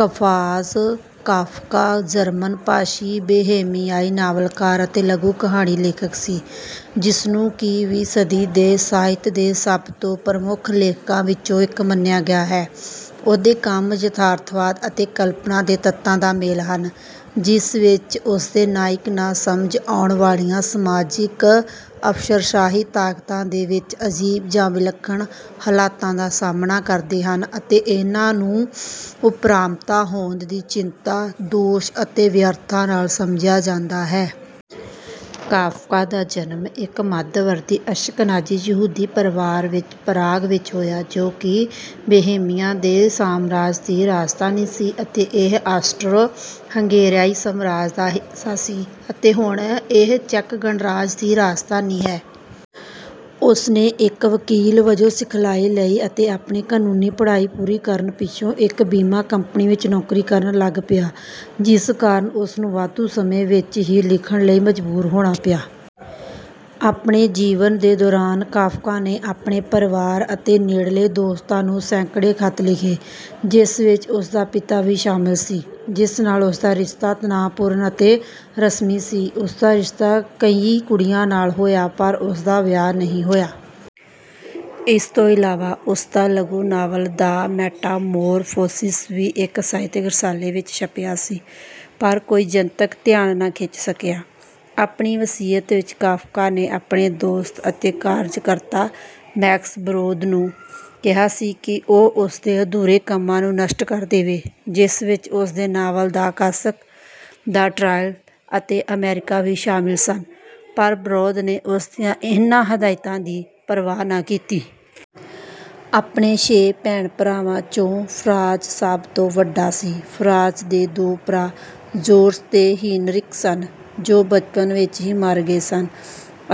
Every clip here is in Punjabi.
ਫ਼ਜ਼ ਕਾਫ਼ਕਾ ਜਰਮਨ ਭਾਸ਼ੀ ਬੋਹੇਮੀਆਈ ਨਾਵਲਕਾਰ ਅਤੇ ਲਘੂ-ਕਹਾਣੀ ਲੇਖਕ ਸੀ, ਜਿਸਨੂੰ ਕਿ ਵੀ ਸਦੀ ਦੇ ਸਾਹਿਤ ਦੇ ਸਭ ਤੋਂ ਪ੍ਰਮੁੱਖ ਲੇਖਕਾਂ ਵਿੱਚੋਂ ਇੱਕ ਮੰਨਿਆ ਗਿਆ ਹੈ। ਉਸਦੇ ਕੰਮ ਯਥਾਰਥਵਾਦ ਅਤੇ ਕਲਪਨਾ ਦੇ ਤੱਤਾਂ ਦਾ ਮੇਲ ਹਨ, ਜਿਸ ਵਿੱਚ ਉਸਦੇ ਨਾਇਕ ਨਾ ਸਮਝ ਆਉਣ ਵਾਲੀਆਂ ਸਮਾਜਿਕ ਅਫ਼ਸਰਸ਼ਾਹੀ ਤਾਕਤਾਂ ਦੇ ਵਿੱਚ ਅਜੀਬ ਜਾਂ ਵਿਲੱਖਣ ਹਾਲਤਾਂ ਦਾ ਸਾਹਮਣਾ ਕਰਦੇ ਹਨ, ਅਤੇ ਇਨ੍ਹਾਂ ਨੂੰ ਉਪਰਾਮਤਾਦ ਦੀ ਚਿੰਤਾ, ਦੋਸ਼ ਅਤੇ ਵਿਅਰਥਤਾ ਨਾਲ ਸਮਝਿਆ ਜਾਂਦਾ ਹੈ। ਕਾਫ਼ਕਾ ਦਾ ਜਨਮ ਇੱਕ ਮੱਧਵਰਤੀ ਅਸ਼ਕਨਾਜ਼ੀ ਯਹੂਦੀ ਪਰਿਵਾਰ ਵਿੱਚ ਪਰਾਗ ਵਿੱਚ ਹੋਇਆ ਜੋ ਕਿ ਬੋਹੇਮੀਆ ਦੇ ਸਾਮਰਾਜ ਦੀ ਰਾਜਧਾਨੀ ਸੀ ਅਤੇ ਇਹ ਆਸਟ੍ਰੋ-ਹੰਗਰੇਆਈ ਸਾਮਰਾਜ ਦਾ ਹਿੱਸਾ ਸੀ, ਅਤੇ ਹੁਣ ਇਹ ਚੈੱਕ ਗਣਰਾਜ ਦੀ ਰਾਜਧਾਨੀ ਹੈ। ਉਸਨੇ ਇੱਕ ਵਕੀਲ ਵੱਜੋਂ ਸਿਖਲਾਈ ਲਈ ਅਤੇ ਆਪਣੀ ਕਾਨੂੰਨੀ ਪੜ੍ਹਾਈ ਪੂਰੀ ਕਰਨ ਪਿੱਛੋਂ ਇੱਕ ਬੀਮਾ ਕੰਪਨੀ ਵਿੱਚ ਨੌਕਰੀ ਕਰਨ ਲੱਗ ਪਿਆ, ਜਿਸ ਕਾਰਨ ਉਸਨੂੰ ਵਾਧੂ ਸਮੇਂ ਵਿੱਚ ਹੀ ਲਿਖਣ ਲਈ ਮਜਬੂਰ ਹੋਣਾ ਪਿਆ। ਆਪਣੇ ਜੀਵਨ ਦੇ ਦੌਰਾਨ ਕਾਫ਼ਕਾ ਨੇ ਆਪਣੇ ਪਰਿਵਾਰ ਅਤੇ ਨੇੜਲੇ ਦੋਸਤਾਂ ਨੂੰ ਸੈਂਕੜੇ ਖ਼ਤ ਲਿਖੇ, ਜਿਸ ਵਿੱਚ ਉਸਦਾ ਪਿਤਾ ਵੀ ਸ਼ਾਮਿਲ ਸੀ, ਜਿਸ ਨਾਲ ਉਸਦਾ ਰਿਸ਼ਤਾ ਤਣਾਅਪੂਰਨ ਅਤੇ ਰਸਮੀ ਸੀ। ਉਸਦਾ ਰਿਸ਼ਤਾ ਕਈ ਕੁੜੀਆਂ ਨਾਲ ਹੋਇਆ ਪਰ ਉਸਦਾ ਵਿਆਹ ਨਹੀਂ ਹੋਇਆ। ਇਸ ਤੋਂ ਇਲਾਵਾ ਉਸਦਾ ਲਘੂ-ਨਾਵਲ ਦ ਮੈਟਾਮੌਰਫੋਸਿਸ ਵੀ ਇੱਕ ਸਾਹਿਤਿਕ ਰਸਾਲੇ ਵਿੱਚ ਛਪਿਆ ਸੀ, ਪਰ ਕੋਈ ਜਨਤਕ ਧਿਆਨ ਨਾ ਖਿੱਚ ਸਕਿਆ। ਆਪਣੀ ਵਸੀਅਤ ਵਿੱਚ ਕਾਫ਼ਕਾ ਨੇ ਆਪਣੇ ਦੋਸਤ ਅਤੇ ਕਾਰਜ-ਕਰਤਾ ਮੈਕਸ ਬਰੌਦ ਨੂੰ ਕਿਹਾ ਸੀ ਕਿ ਉਹ ਉਸਦੇ ਅਧੂਰੇ ਕੰਮਾਂ ਨੂੰ ਨਸ਼ਟ ਕਰ ਦੇਵੇ, ਜਿਸ ਵਿੱਚ ਉਸਦੇ novel The Castle, The Trial ਅਤੇ ਅਮੇਰਿਕਾ ਵੀ ਸ਼ਾਮਿਲ ਸਨ, ਪਰ ਬਰੌਦ ਨੇ ਉਸਦੀਆਂ ਇਨ੍ਹਾਂ ਹਦਾਇਤਾਂ ਦੀ ਪਰਵਾਹ ਨਾ ਕੀਤੀ। ਆਪਣੇ ਛੇ ਭੈਣ-ਭਰਾਵਾਂ 'ਚੋਂ ਫ਼ਰਾਂਜ਼ ਸਭ ਤੋਂ ਵੱਡਾ ਸੀ। ਫ਼ਰਾਂਜ਼ ਦੇ ਦੋ ਭਰਾ ਜੌਰਜ ਤੇ ਹੀਨਰਿਕ ਸਨ ਜੋ ਬਚਪਨ ਵਿੱਚ ਹੀ ਮਰ ਗਏ ਸਨ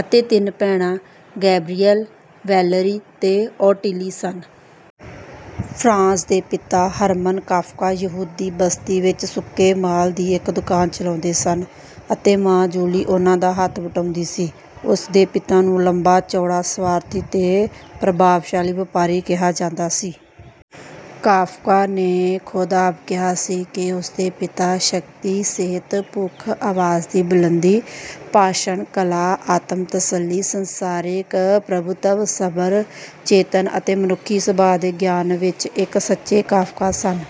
ਅਤੇ ਤਿੰਨ ਭੈਣਾਂ ਗੈਬਰੀਐਲ, ਵੈਲੇਰੀ ਤੇ ਔਟਿਲੀ ਸਨ। ਫ਼ਰਾਂਜ਼ ਦੇ ਪਿਤਾ, ਹਰਮਨ ਕਾਫ਼ਕਾ ਯਹੂਦੀ ਬਸਤੀ ਵਿੱਚ ਸੁੱਕੇ ਮਾਲ ਦੀ ਇੱਕ ਦੁਕਾਨ ਚਲਾਉਂਦੇ ਸਨ ਅਤੇ ਮਾਂ, ਜੂਲੀ ਉਹਨਾਂ ਦਾ ਹੱਥ ਵਟਾਉਂਦੀ ਸੀ। ਉਸ ਦੇ ਪਿਤਾ ਨੂੰ ਲੰਬਾ-ਚੌੜਾ, ਸਵਾਰਥੀ ਤੇ ਪ੍ਰਭਾਵਸ਼ਾਲੀ ਵਪਾਰੀ ਕਿਹਾ ਜਾਂਦਾ ਸੀ। ਕਾਫ਼ਕਾ ਨੇ ਖੁਦ ਆਪ ਕਿਹਾ ਸੀ ਕਿ ਉਸ ਦੇ ਪਿਤਾ ਸ਼ਕਤੀ, ਸਿਹਤ, ਭੁੱਖ, ਅਵਾਜ਼ ਦੀ ਬੁਲੰਦੀ, ਭਾਸ਼ਣ ਕਲਾ, ਆਤਮ-ਤਸੱਲੀ, ਸੰਸਾਰਿਕ ਪ੍ਰਭੁਤਵ, ਸਬਰ, ਚੇਤੰਨ ਅਤੇ ਮਨੁੱਖੀ ਸੁਭਾਅ ਦੇ ਗਿਆਨ ਵਿੱਚ ਇੱਕ ਸੱਚੇ ਕਾਫ਼ਕਾ ਸਨ।